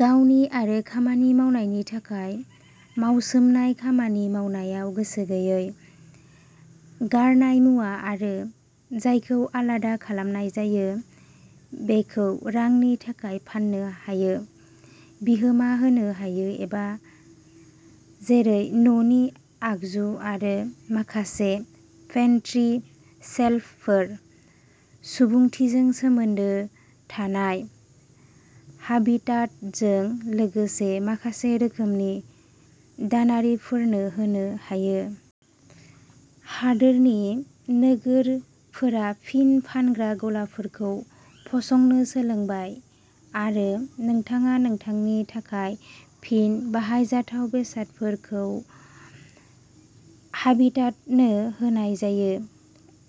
गावनि आरो खामानि मावनायनि थाखाय मावसोमनाय खामानि मावनायाव गोसो गैयै। गारनाय मुवा आरो जायखौ आलादा खालामनाय जायो, बेखौ रांनि थाखाय फाननो हायो, बिहोमा होनो हायो, एबा जेरै न'नि आगजु आरो माखासे पेन्ट्री शेल्फफोर सुबुंथिजों सोमोन्दो थानाय हाबिटाटजों लोगोसे माखासे रोखोमनि दानारिफोरनो होनो हायो। हादोरनि नोगोरफोरा फिन फानग्रा गलाफोरखौ फसंनो सोलोंबाय आरो नोंथाङा नोंथांनि थाखाय फिन बाहायजाथाव बेसादफोरखौ हाबिटाटनो होनाय जायो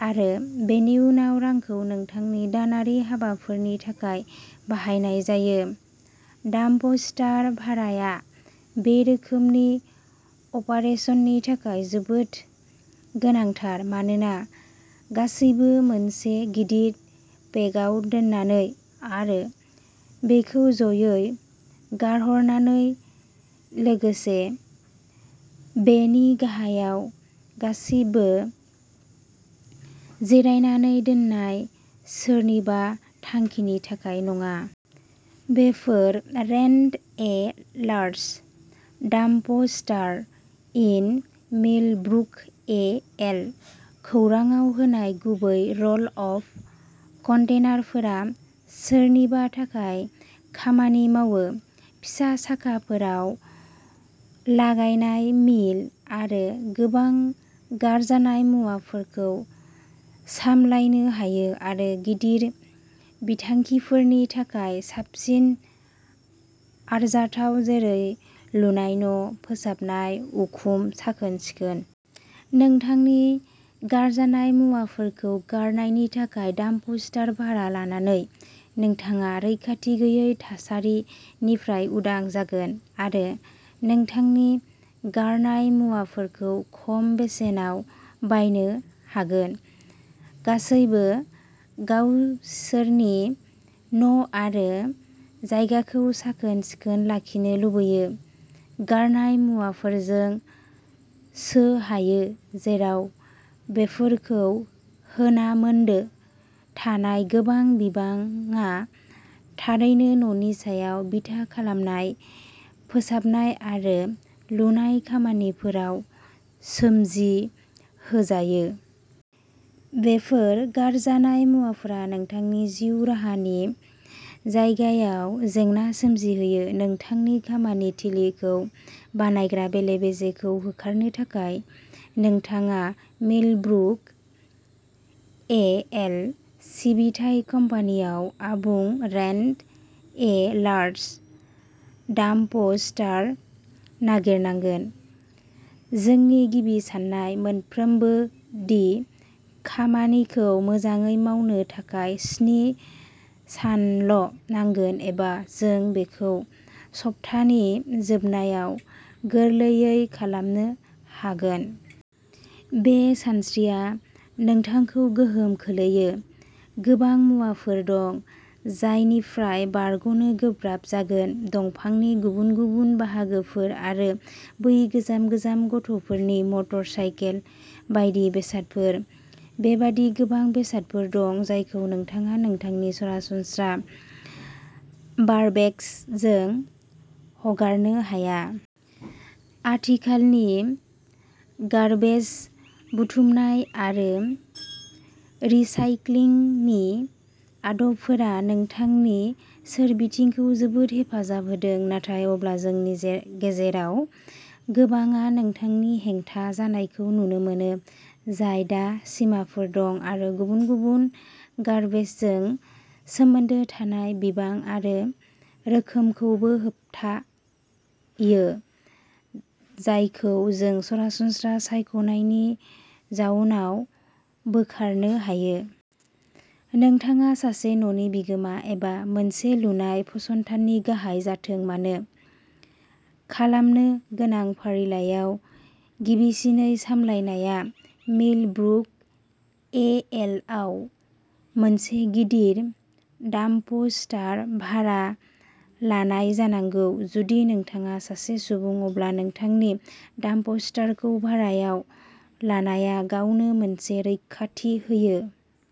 आरो बेनि उनाव रांखौ नोंथांनि दानारि हाबाफोरनि थाखाय बाहायनाय जायो। डाम्पस्टार भाराया बे रोखोमनि अपारेसननि थाखाय जोबोद गोनांथार मानोना गासैबो मोनसे गिदिर पेकआव दोननानै आरो बेखौ जयै गारहरनानै, लोगोसे बेनि गाहायाव गासिबो जिरायनानै दोननाय, सोरनिबा थांखिनि थाखाय नङा। Before rent a large dumpster in Millbrook, A L खौरांआव होनाय गुबै रल अफ कन्टेनारफोरा सोरनिबा थाखाय खामानि मावो। फिसा साखाफोराव लागायनाय मिल आरो गोबां गारजानाय मुवाफोरखौ सामलायनो हायो आरो गिदिर बिथांखिफोरनि थाखाय साबसिन आरजाथाव, जेरै लुनाय, न' फोसाबनाय, उखुम साखोन-सिखोन। नोंथांनि गारजानाय मुवाफोरखौ गारनायनि थाखाय डाम्पस्टार भारा लानानै, नोंथाङा रैखाथि गैयै थासारिफोरनिफ्राय उदां जागोन आरो नोंथांनि गारनाय मुवाफोरखौ खम बेसेनाव बायनो हागोन। गासैबो गावसोरनि न'आरो जायगाखौ साखोन-सिखोन लाखिनो लुबैयो। गारनाय मुवाफोरजों सोहायो जेराव बेफोरखौ होनामोन्दो थानाय गोबां बिबाङा थारैनो न'नि सायाव बिथा खालामनाय फोसाबनाय आरो लुनाय खामानिफोराव सोमजिहोजायो। बेफोर गारजानाय मुवाफोरा नोंथांनि जिउ राहानि जायगायाव जेंना सोमजिहोयो। नोंथांनि खामानि थिलिखौ बानायग्रा बेले-बेजेखौ होखारनो थाखाय, नोंथाङा मिलब्रुक, ए. एल. सिबिथाइ कम्पानिआव आबुं रेन्ट ए लार्ज डाम्पस्टार नागिरनांगोन। जोंनि गिबि सान्नाय मोनफ्रोमबो दि खामानिखौ मोजाङै मावनो थाखाय स्नि सानल' नांगोन एबा जों बेखौ सप्तानि जोबनायाव गोरलैयै खालामनो हागोन। बे सानस्रिया नोंथांखौ गोहोम खोलैयो। गोबां मुवाफोर दं जायनिफ्राय बारग'नो गोब्राब जागोन। दंफांनि गुबुन गुबुन बाहागोफोर आरो बै गोजाम गोजाम गथ'फोरनि मटर साइकेल बायदि बेसादफोर। बेबादि गोबां बेसादफोर दं जायखौ नोंथाङा नोंथांनि सरासनस्रा बार्बेगजजों हगारनो हाया। आथिखालनि गार्बेज बुथुमनाय आरो रिसाइक्लिंनि आदबफोरा नोंथांनि सोरबिथिंखौ जोबोद हेफाजाब होदों। नाथाय अब्ला जोंनि जे गेजेराव गोबांआ नोंथांनि हेंथा जानायखौ नुनो मोनो, जाय दा सिमाफोर दं आरो गुबुन गुबुन गार्बेजजों सोमोन्दो थानाय बिबां आरो रोखोमखौबो होबथायो, जायखौ जों सरासनस्रा सायख'नायनि जाउनाव बोखारनो हायो। नोंथाङा सासे न'नि बिगोमा एबा मोनसे लुनाय फसंथाननि गाहाय जाथों मानो, खालामनो गोनां फारिलाइयाव गिबिसिनै सामलायनाया मिलब्रुक, ए. एल. आव मोनसे गिदिर डाम्पस्टार भारा लानाय जानांगौ। जुदि नोंथाङा सासे सुबुं, अब्ला नोंथांनि डाम्पस्टारखौ भारायाव लानाया गावनो मोनसे रैखाथि होयो।